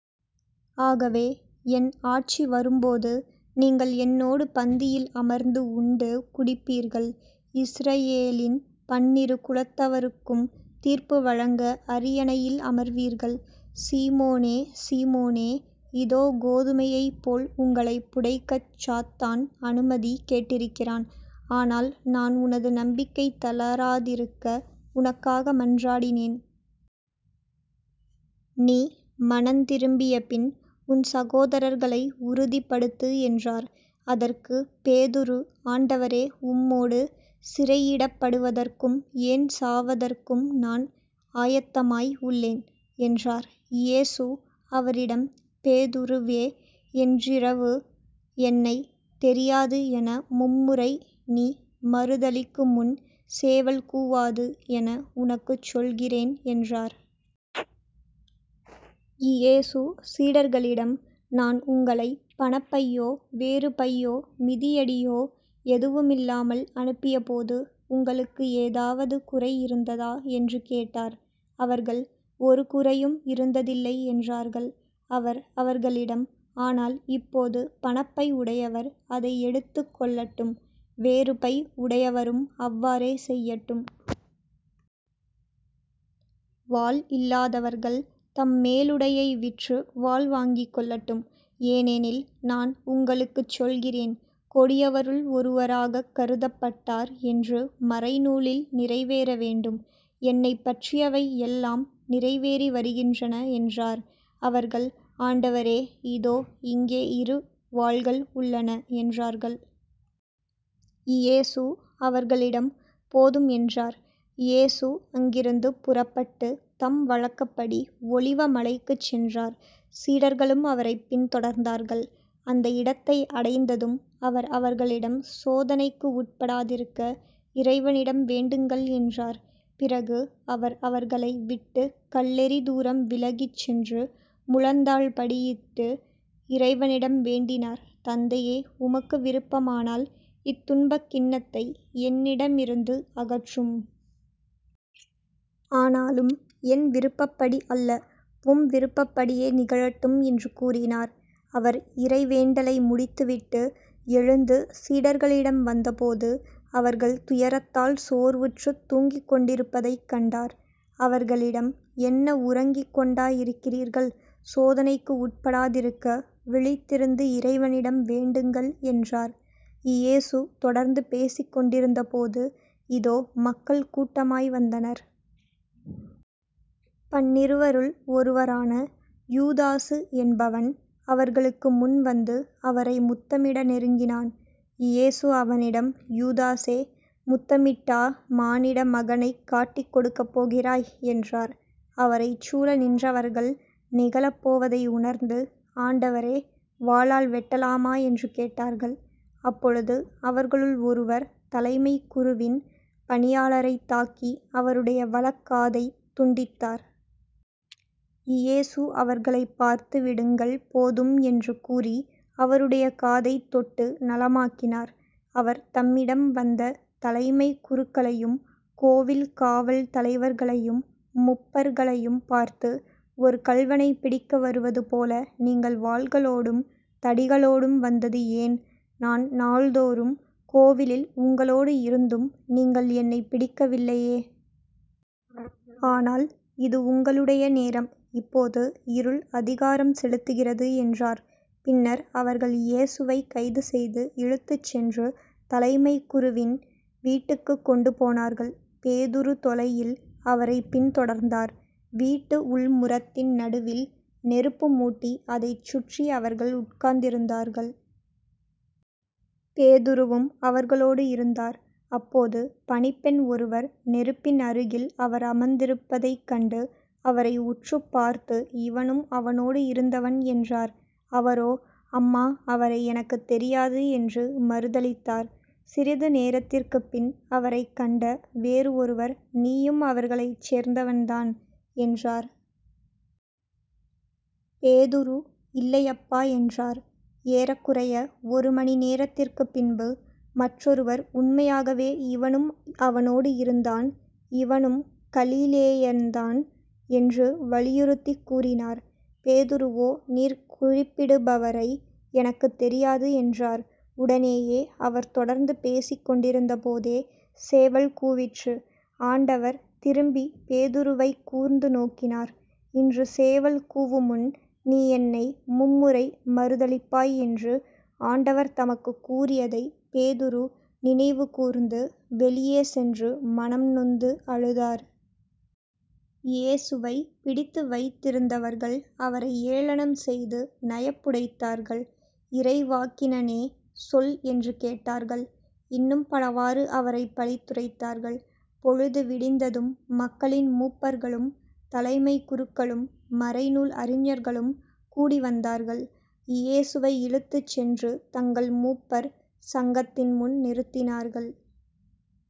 ஆகவே என் ஆட்சி வரும்போது நீங்கள் என்னோடு பந்தியில் அமர்ந்து உண்டு குடிப்பீர்கள் இஸ்ரயேலின் பன்னிரு குலத்தவருக்கும் தீர்ப்பு வழங்க அரியணையில் அமர்வீர்கள். சீமோனே சீமோனே இதோ கோதுமையைப்போல் உங்களைப் புடைக்கச் சாத்தான் அனுமதி கேட்டிருக்கிறான். ஆனால் நான் உனது நம்பிக்கை தளராதிருக்க உனக்காக மன்றாடினேன். நீ மனந்திரும்பியபின் உன் சகோதரர்களை உறுதிப்படுத்து என்றார். அதற்கு பேதுரு ஆண்டவரே உம்மோடு சிறையிடப்படுவதற்கும் ஏன் சாவதற்கும் நான் ஆயத்தமாய் உள்ளேன் என்றார். இயேசு அவரிடம் பேதுருவே இன்றிரவு என்னைத் தெரியாது என மும்முறை நீ மறுதலிக்குமுன் சேவல் கூவாது என உனக்குச் சொல்கிறேன் என்றார். இயேசு சீடர்களிடம் நான் உங்களைப் பணப்பையோ வேறுபையோ மிதியடியோ எதுவுமில்லாமல் அனுப்பியபோது உங்களுக்கு ஏதாவது குறை இருந்ததா? என்று கேட்டார். அவர்கள் ஒரு குறையும் இருந்ததில்லை என்றார்கள். அவர் அவர்களிடம் ஆனால் இப்போது பணப்பை உடையவர் அதை எடுத்துக் கொள்ளட்டும் வேறு பை உடையவரும் அவ்வாறே செய்யட்டும். வாள் இல்லாதவர் தம் மேலுடையை விற்று வாள் வாங்கிக் கொள்ளட்டும். ஏனெனில் நான் உங்களுக்குச் சொல்கிறேன் கொடியவருள் ஒருவராகக் கருதப்பட்டார் என்று மறைநூலில் நிறைவேற வேண்டும். என்னைப் பற்றியவை எல்லாம் நிறைவேறி வருகின்றன என்றார். அவர்கள் ஆண்டவரே இதோ இங்கே இரு வாள்கள் உள்ளன என்றார்கள். இயேசு அவர்களிடம் போதும் என்றார். இயேசு அங்கிருந்து புறப்பட்டுத் தம் வழக்கப்படி ஒலிவ மலைக்குச் சென்றார். சீடர்களும் அவரைப் பின் தொடர்ந்தார்கள். அந்த இடத்தை அடைந்ததும் அவர் அவர்களிடம் சோதனைக்கு உட்படாதிருக்க இறைவனிடம் வேண்டுங்கள் என்றார். பிறகு அவர் அவர்களை விட்டுக் கல்லெறிதூரம் விலகிச் சென்று முழந்தாள்படியிட்டு இறைவனிடம் வேண்டினார் தந்தையே உமக்கு விருப்பமானால் இத்துன்பக் கிண்ணத்தை என்னிடமிருந்து அகற்றும். ஆனாலும் என் விருப்பப்படி அல்ல உம் விருப்பப்படியே நிகழட்டும் என்று கூறினார். அவர் இறைவேண்டலை முடித்துவிட்டு எழுந்து சீடர்களிடம் வந்தபோது அவர்கள் துயரத்தால் சோர்வுற்றுத் தூங்கிக்கொண்டிருப்பதைக் கண்டார். அவர்களிடம் என்ன உறங்கிக் கொண்டா இருக்கிறீர்கள்? சோதனைக்கு உட்படாதிருக்க விழித்திருந்து இறைவனிடம் வேண்டுங்கள் என்றார். இயேசு தொடர்ந்து பேசிக் கொண்டிருந்தபோது இதோ மக்கள் கூட்டமாய் வந்தனர். பன்னிருவருள் ஒருவனான யூதாசு என்பவன் அவர்களுக்குமுன் வந்து அவரை முத்தமிட நெருங்கினான். இயேசு அவனிடம் யூதாசே முத்தமிட்டா மானிட மகனைக் காட்டிக் கொடுக்கப் போகிறாய்? என்றார். அவரைச் சூழ நின்றவர்கள் நிகழப்போவதை உணர்ந்து ஆண்டவரே வாளால் வெட்டலாமா? என்று கேட்டார்கள். அப்பொழுது அவர்களுள் ஒருவர் தலைமைக் குருவின் பணியாளரைத் தாக்கி அவருடைய வலக் காதைத் துண்டித்தார். இயேசு அவர்களைப் பார்த்து விடுங்கள் போதும் என்று கூறி அவருடைய காதைத் தொட்டு நலமாக்கினார். அவர் தம்மிடம் வந்த தலைமைக் குருக்களையும் கோவில் காவல் தலைவர்களையும் மூப்பர்களையும் பார்த்து ஒரு கள்வனைப் பிடிக்க வருவதுபோல நீங்கள் வாள்களோடும் தடிகளோடும் வந்தது ஏன்? நான் நாள்தோறும் கோவிலில் உங்களோடு இருந்தும் நீங்கள் என்னைப் பிடிக்கவில்லையே. ஆனால் இது உங்களுடைய நேரம் இப்போது இருள் அதிகாரம் செலுத்துகிறது என்றார். பின்னர் அவர்கள் இயேசுவைக் கைதுசெய்து இழுத்துச் சென்று தலைமைக் குருவின் வீட்டுக்குக் கொண்டு போனார்கள். பேதுரு தொலையில் அவரைப் பின்தொடர்ந்தார். வீட்டு உள்முறத்தின் நடுவில் நெருப்பு முட்டி அதைச் சுற்றி அவர்கள் உட்கார்ந்திருந்தார்கள். பேதுருவும் அவர்களோடு இருந்தார். அப்போது பணிப்பெண் ஒருவர் நெருப்பின் அருகில் அவர் அமர்ந்திருப்பதைக் கண்டு அவரை உற்றுப்பார்த்து இவனும் அவனோடு இருந்தவன் என்றார். அவரோ அம்மா அவரை எனக்குத் தெரியாது என்று மறுதலித்தார். சிறிது நேரத்திற்குப்பின் அவரைக் கண்ட வேறு ஒருவர் நீயும் அவர்களைச் சேர்ந்தவன்தான் என்றார். பேதுரு இல்லையப்பா என்றார். ஏறக்குறைய ஒரு மணிநேரத்திற்கு பின்பு மற்றொருவர் உண்மையாகவே இவனும் அவனோடு இருந்தான் இவனும் கலிலேயன்தான் என்று வலியுறுத்திக் கூறினார். பேதுருவோ நீர் குறிப்பிடுபவரை எனக்குத் தெரியாது என்றார். உடனேயே அவர் தொடர்ந்து பேசிக் கொண்டிருந்தபோதே சேவல் கூவிற்று. ஆண்டவர் திரும்பி பேதுருவைக் கூர்ந்து நோக்கினார் இன்று சேவல் கூவுமுன் நீ என்னை மும்முறை மறுதலிப்பாய் என்று ஆண்டவர் தமக்குக் கூறியதைப் பேதுரு நினைவுகூர்ந்து வெளியே சென்று மனம் நொந்து அழுதார். இயேசுவைப் பிடித்துவைத்திருந்தவர்கள் அவரை ஏளனம் செய்து நையப்புடைத்தார்கள். இறைவாக்கினனே சொல் என்று கேட்டார்கள். இன்னும் பலவாறு அவரைப் பழித்துரைத்தார்கள். பொழுது விடிந்ததும் மக்களின் மூப்பர்களும் தலைமைக்குருக்களும் மறைநூல் அறிஞர்களும் கூடிவந்தார்கள் இயேசுவை இழுத்துச் சென்று தங்கள் மூப்பர் சங்கத்தின்முன் நிறுத்தினார்கள்.